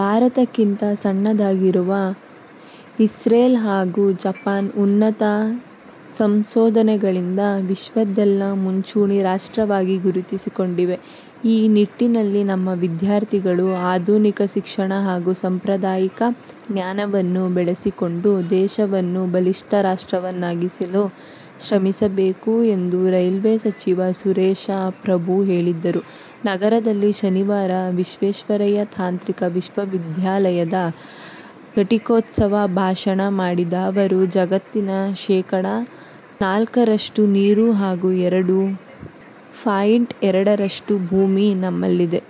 ಭಾರತಕ್ಕಿಂತ ಸಣ್ಣದಾಗಿರುವ ಇಸ್ರೇಲ್ ಹಾಗೂ ಜಪಾನ್, ಉನ್ನತ ಸಂಶೋಧನೆಗಳಿಂದ ವಿಶ್ವದಲ್ಲೇ ಮುಂಚೂಣಿ ರಾಷ್ಟ್ರವಾಗಿ ಗುರುತಿಸಿಕೊಂಡಿವೆ. ಈ ನಿಟ್ಟಿನಲ್ಲಿ ನಮ್ಮ ವಿದ್ಯಾರ್ಥಿಗಳು ಆಧುನಿಕ ಶಿಕ್ಷಣ ಹಾಗೂ ಸಾಂಪ್ರದಾಯಿಕ ಜ್ಞಾನವನ್ನು ಬೆಳೆಸಿಕೊಂಡು ದೇಶವನ್ನು ಬಲಿಷ್ಠ ರಾಷ್ಟ್ರವನ್ನಾಗಿಸಲು ಶ್ರಮಿಸಬೇಕು ಎಂದು ರೈಲ್ವೆ ಸಚಿವ ಸುರೇಶ ಪ್ರಭು ಹೇಳಿದರು. ನಗರದಲ್ಲಿ ಶನಿವಾರ ವಿಶ್ವೇಶ್ವರಯ್ಯ ತಾಂತ್ರಿಕ ವಿಶ್ವವಿದ್ಯಾಲಯದ ಘಟಿಕೋತ್ಸವ ಭಾಷಣ ಮಾಡಿದ ಅವರು, ಜಗತ್ತಿನ ಶೇಖಡ ನಾಲ್ಕರಷ್ಟು ನೀರು ಹಾಗೂ ಎರಡು ಪಾಯಿಂಟ್ ಎರಡರಷ್ಟು ಭೂಮಿ ನಮ್ಮಲ್ಲಿದೆ.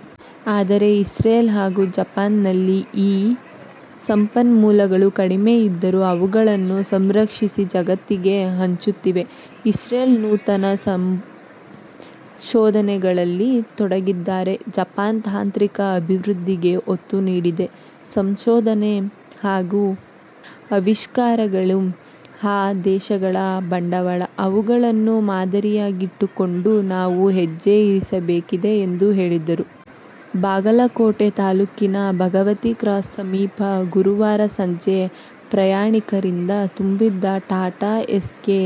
ಆದರೆ ಇಸ್ರೇಲ್ ಹಾಗೂ ಜಪಾನ್ನಲ್ಲಿ ಈ ಸಂಪನ್ಮೂಲಗಳು ಕಡಿಮೆ ಇದ್ದರೂ ಅವುಗಳನ್ನು ಸಂರಕ್ಷಿಸಿ ಜಗತ್ತಿಗೆ ಹಂಚುತ್ತಿವೆ. ಇಸ್ರೇಲ್ ನೂತನ ಸಂಶೋಧನೆಗಳಲ್ಲಿ ತೊಡಗಿದ್ದರೆ ಜಪಾನ್ ತಾಂತ್ರಿಕ ಅಭಿವೃದ್ಧಿಗೆ ಒತ್ತು ನೀಡಿದೆ. ಸಂಶೋಧನೆ ಹಾಗೂ ಅವಿಷ್ಕಾರಗಳೇ ಆ ದೇಶಗಳ ಬಂಡವಾಳ. ಅವುಗಳನ್ನು ಮಾದರಿಯಾಗಿಟ್ಟುಕೊಂಡು ನಾವೂ ಹೆಜ್ಜೆ ಇರಿಸಬೇಕಿದೆ ಎಂದು ಹೇಳಿದರು. ಬಾಗಲಕೋಟೆ ತಾಲೂಕಿನ ಭಗವತಿ ಕ್ರಾಸ್ ಸಮೀಪ ಗುರುವಾರ ಸಂಜೆ ಪ್ರಯಾಣಿಕರಿಂದ ತುಂಬಿದ್ದ ಟಾಟಾ ಏಸ್ಗೆ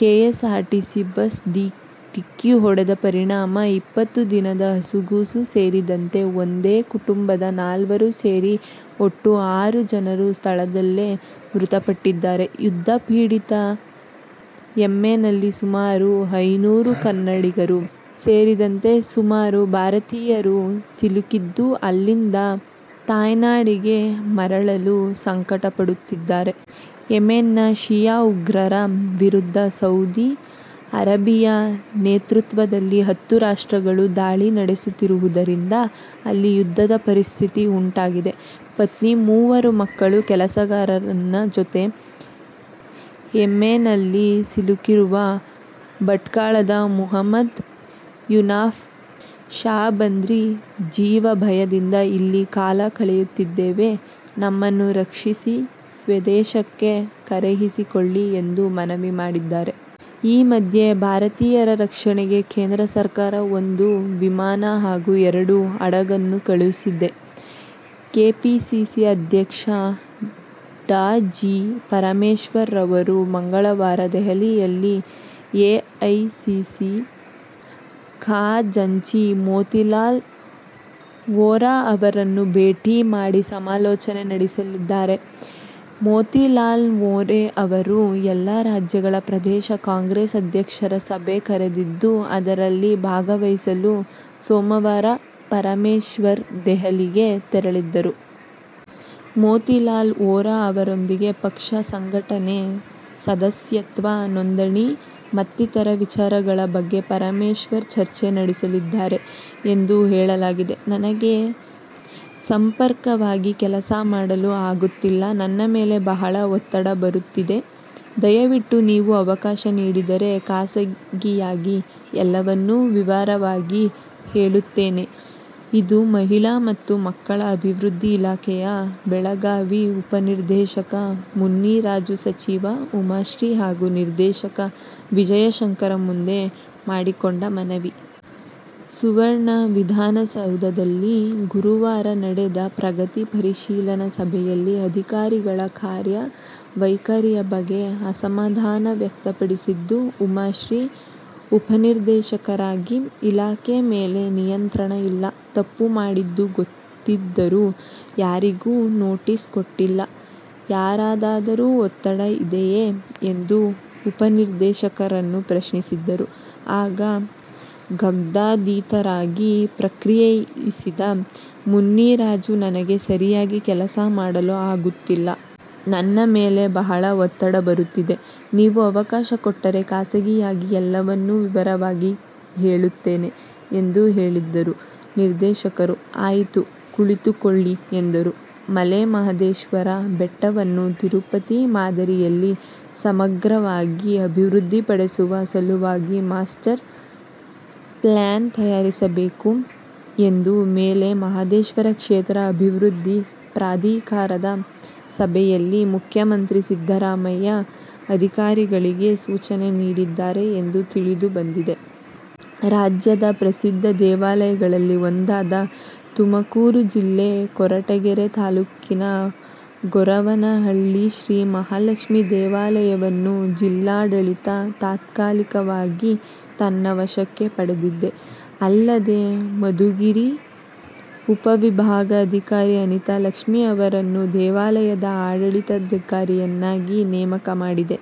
ಕೆಎಸ್ಆರ್ಟಿಸಿ ಬಸ್ ಡಿಕ್ಕಿ ಹೊಡೆದ ಪರಿಣಾಮ ಇಪ್ಪತ್ತು ದಿನದ ಹಸುಗೂಸು ಸೇರಿದಂತೆ ಒಂದೇ ಕುಟುಂಬದ ನಾಲ್ವರು ಸೇರಿ ಒಟ್ಟು ಆರು ಜನರು ಸ್ಥಳದಲ್ಲೇ ಮೃತಪಟ್ಟಿದ್ದಾರೆ. ಯುದ್ಧಪೀಡಿತ ಯೆಮೆನ್ನಲ್ಲಿ ಸುಮಾರು ಐನೂರು ಕನ್ನಡಿಗರು ಸೇರಿದಂತೆ ಸುಮಾರು ಭಾರತೀಯರು ಸಿಲುಕಿದ್ದು ಅಲ್ಲಿಂದ ತಾಯ್ನಾಡಿಗೆ ಮರಳಲು ಸಂಕಟ ಪಡುತ್ತಿದ್ದಾರೆ. ಯೆಮೆನ್ನ ಶಿಯಾ ಉಗ್ರರ ವಿರುದ್ಧ ಸೌದಿ ಅರೇಬಿಯಾ ನೇತೃತ್ವದಲ್ಲಿ ಹತ್ತು ರಾಷ್ಟ್ರಗಳು ದಾಳಿ ನಡೆಸುತ್ತಿರುವುದರಿಂದ ಅಲ್ಲಿ ಯುದ್ಧದ ಪರಿಸ್ಥಿತಿ ಉಂಟಾಗಿದೆ. ಪತ್ನಿ, ಮೂವರು ಮಕ್ಕಳು, ಕೆಲಸಗಾರನ ಜೊತೆ ಯೆಮೆನ್ನಲ್ಲಿ ಸಿಲುಕಿರುವ ಭಟ್ಕಳದ ಮುಹಮ್ಮದ್ ಯೂನಸ್ ಶಾಬಂದ್ರಿ, ಜೀವಭಯದಿಂದ ಇಲ್ಲಿ ಕಾಲ ಕಳೆಯುತ್ತಿದ್ದೇವೆ. ನಮ್ಮನ್ನು ರಕ್ಷಿಸಿ ಸ್ವದೇಶಕ್ಕೆ ಕರೆಯಿಸಿಕೊಳ್ಳಿ ಎಂದು ಮನವಿ ಮಾಡಿದ್ದಾರೆ. ಈ ಮಧ್ಯೆ ಭಾರತೀಯರ ರಕ್ಷಣೆಗೆ ಕೇಂದ್ರ ಸರ್ಕಾರ ಒಂದು ವಿಮಾನ ಹಾಗೂ ಎರಡು ಹಡಗನ್ನು ಕಳುಹಿಸಿದೆ. ಕೆಪಿಸಿಸಿ ಅಧ್ಯಕ್ಷ ಡಾ. ಜಿ. ಪರಮೇಶ್ವರ್ ಅವರು ಮಂಗಳವಾರ ದೆಹಲಿಯಲ್ಲಿ ಎಐಸಿಸಿ ಖಜಾಂಚಿ ಮೋತಿಲಾಲ್ ವೋರಾ ಅವರನ್ನು ಭೇಟಿ ಮಾಡಿ ಸಮಾಲೋಚನೆ ನಡೆಸಲಿದ್ದಾರೆ. ಮೋತಿಲಾಲ್ ವೋರಾ ಅವರು ಎಲ್ಲ ರಾಜ್ಯಗಳ ಪ್ರದೇಶ ಕಾಂಗ್ರೆಸ್ ಅಧ್ಯಕ್ಷರ ಸಭೆ ಕರೆದಿದ್ದು ಅದರಲ್ಲಿ ಭಾಗವಹಿಸಲು ಸೋಮವಾರ ಪರಮೇಶ್ವರ್ ದೆಹಲಿಗೆ ತೆರಳಿದರು. ಮೋತಿಲಾಲ್ ವೋರಾ ಅವರೊಂದಿಗೆ ಪಕ್ಷ ಸಂಘಟನೆ, ಸದಸ್ಯತ್ವ ನೋಂದಣಿ ಮತ್ತಿತರ ವಿಚಾರಗಳ ಬಗ್ಗೆ ಪರಮೇಶ್ವರ್ ಚರ್ಚೆ ನಡೆಸಲಿದ್ದಾರೆ ಎಂದು ಹೇಳಲಾಗಿದೆ. "ನನಗೆ ಸಮರ್ಪಕವಾಗಿ ಕೆಲಸ ಮಾಡಲು ಆಗುತ್ತಿಲ್ಲ. ನನ್ನ ಮೇಲೆ ಬಹಳ ಒತ್ತಡ ಬರುತ್ತಿದೆ. ದಯವಿಟ್ಟು ನೀವು ಅವಕಾಶ ನೀಡಿದರೆ ಖಾಸಗಿಯಾಗಿ ಎಲ್ಲವನ್ನೂ ವಿವರವಾಗಿ ಹೇಳುತ್ತೇನೆ 'ಇದು ಮಹಿಳಾ ಮತ್ತು ಮಕ್ಕಳ ಅಭಿವೃದ್ಧಿ ಇಲಾಖೆಯ ಬೆಳಗಾವಿ ಉಪನಿರ್ದೇಶಕ ಮುನಿರಾಜು ಸಚಿವೆ ಉಮಾಶ್ರೀ ಹಾಗೂ ನಿರ್ದೇಶಕ ವಿಜಯಶಂಕರ ಮುಂದೆ ಮಾಡಿಕೊಂಡ ಮನವಿ. ಸುವರ್ಣ ವಿಧಾನಸೌಧದಲ್ಲಿ ಗುರುವಾರ ನಡೆದ ಪ್ರಗತಿ ಪರಿಶೀಲನಾ ಸಭೆಯಲ್ಲಿ ಅಧಿಕಾರಿಗಳ ಕಾರ್ಯ ವೈಖರಿಯ ಬಗ್ಗೆ ಅಸಮಾಧಾನ ವ್ಯಕ್ತಪಡಿಸಿದ ಉಮಾಶ್ರೀ, ಉಪನಿರ್ದೇಶಕರಿಗೆ ಇಲಾಖೆ ಮೇಲೆ ನಿಯಂತ್ರಣ ಇಲ್ಲ. ತಪ್ಪು ಮಾಡಿದ್ದು ಗೊತ್ತಿದ್ದರೂ ಯಾರಿಗೂ ನೋಟೀಸ್ ಕೊಟ್ಟಿಲ್ಲ. ಯಾರದಾದರೂ ಒತ್ತಡ ಇದೆಯೇ ಎಂದು ಉಪನಿರ್ದೇಶಕರನ್ನು ಪ್ರಶ್ನಿಸಿದರು. ಆಗ ಗದ್ಗದಿತರಾಗಿ ಪ್ರತಿಕ್ರಿಯಿಸಿದ ಮುನಿರಾಜು, " ನನಗೆ ಸರಿಯಾಗಿ ಕೆಲಸ ಮಾಡಲು ಆಗುತ್ತಿಲ್ಲ. ನನ್ನ ಮೇಲೆ ಬಹಳ ಒತ್ತಡ ಬರುತ್ತಿದೆ. ನೀವು ಅವಕಾಶ ಕೊಟ್ಟರೆ ಖಾಸಗಿಯಾಗಿ ಎಲ್ಲವನ್ನು ವಿವರವಾಗಿ ಹೇಳುತ್ತೇನೆ' ಎಂದು ಹೇಳಿದರು. ನಿರ್ದೇಶಕರು "ಆಯಿತು, ಕುಳಿತುಕೊಳ್ಳಿ' ಎಂದರು. ಮಲೆ ಮಹದೇಶ್ವರ ಬೆಟ್ಟವನ್ನು ತಿರುಪತಿ ಮಾದರಿಯಲ್ಲಿ ಸಮಗ್ರವಾಗಿ ಅಭಿವೃದ್ಧಿ ಪಡಿಸುವ ಸಲುವಾಗಿ ಮಾಸ್ಟರ್ ಪ್ಲ್ರಾನ್ ತಯಾರಿಸಬೇಕು ಎಂದು ಮಲೆ ಮಹದೇಶ್ವರ ಕ್ಷೇತ್ರ ಅಭಿವೃದ್ಧಿ ಪ್ರಾಧಿಕಾರದ ಸಭೆಯಲ್ಲಿ ಮುಖ್ಯಮಂತ್ರಿ ಸಿದ್ಧರಾಮಯ್ಯ ಅಧಿಕಾರಿಗಳಿಗೆ ಸೂಚನೆ ನೀಡಿದ್ದಾರೆ ಎಂದು ತಿಳಿದು ಬಂದಿದೆ. ರಾಜ್ಯದ ಪ್ರಸಿದ್ದ ದೇವಾಲಯಗಳಲ್ಲಿ ಒಂದಾದ ತುಮಕೂರು ಜಿಲ್ಲೆ ಕೊರಟಗೆರೆ ತಾಲೂಕಿನ ಗೊರವನಹಳ್ಳಿ ಶ್ರೀ ಮಹಾಲಕ್ಷ್ಮೀ ದೇವಾಲಯವನ್ನು ಜಿಲ್ಲಾಡಳಿತ ತಾತ್ಕಾಲಿಕವಾಗಿ ತನ್ನ ವಶಕ್ಕೆ ಪಡೆದಿದೆ. ಅಲ್ಲದೆ, ಮಧುಗಿರಿ ಉಪವಿಭಾಗಾಧಿಕಾರಿ ಅನಿತಾ ಲಕ್ಷ್ಮೀ ಅವರನ್ನು ದೇವಾಲಯದ ಆಡಳಿತಾಧಿಕಾರಿಯನ್ನಾಗಿ ನೇಮಕ ಮಾಡಿದೆ.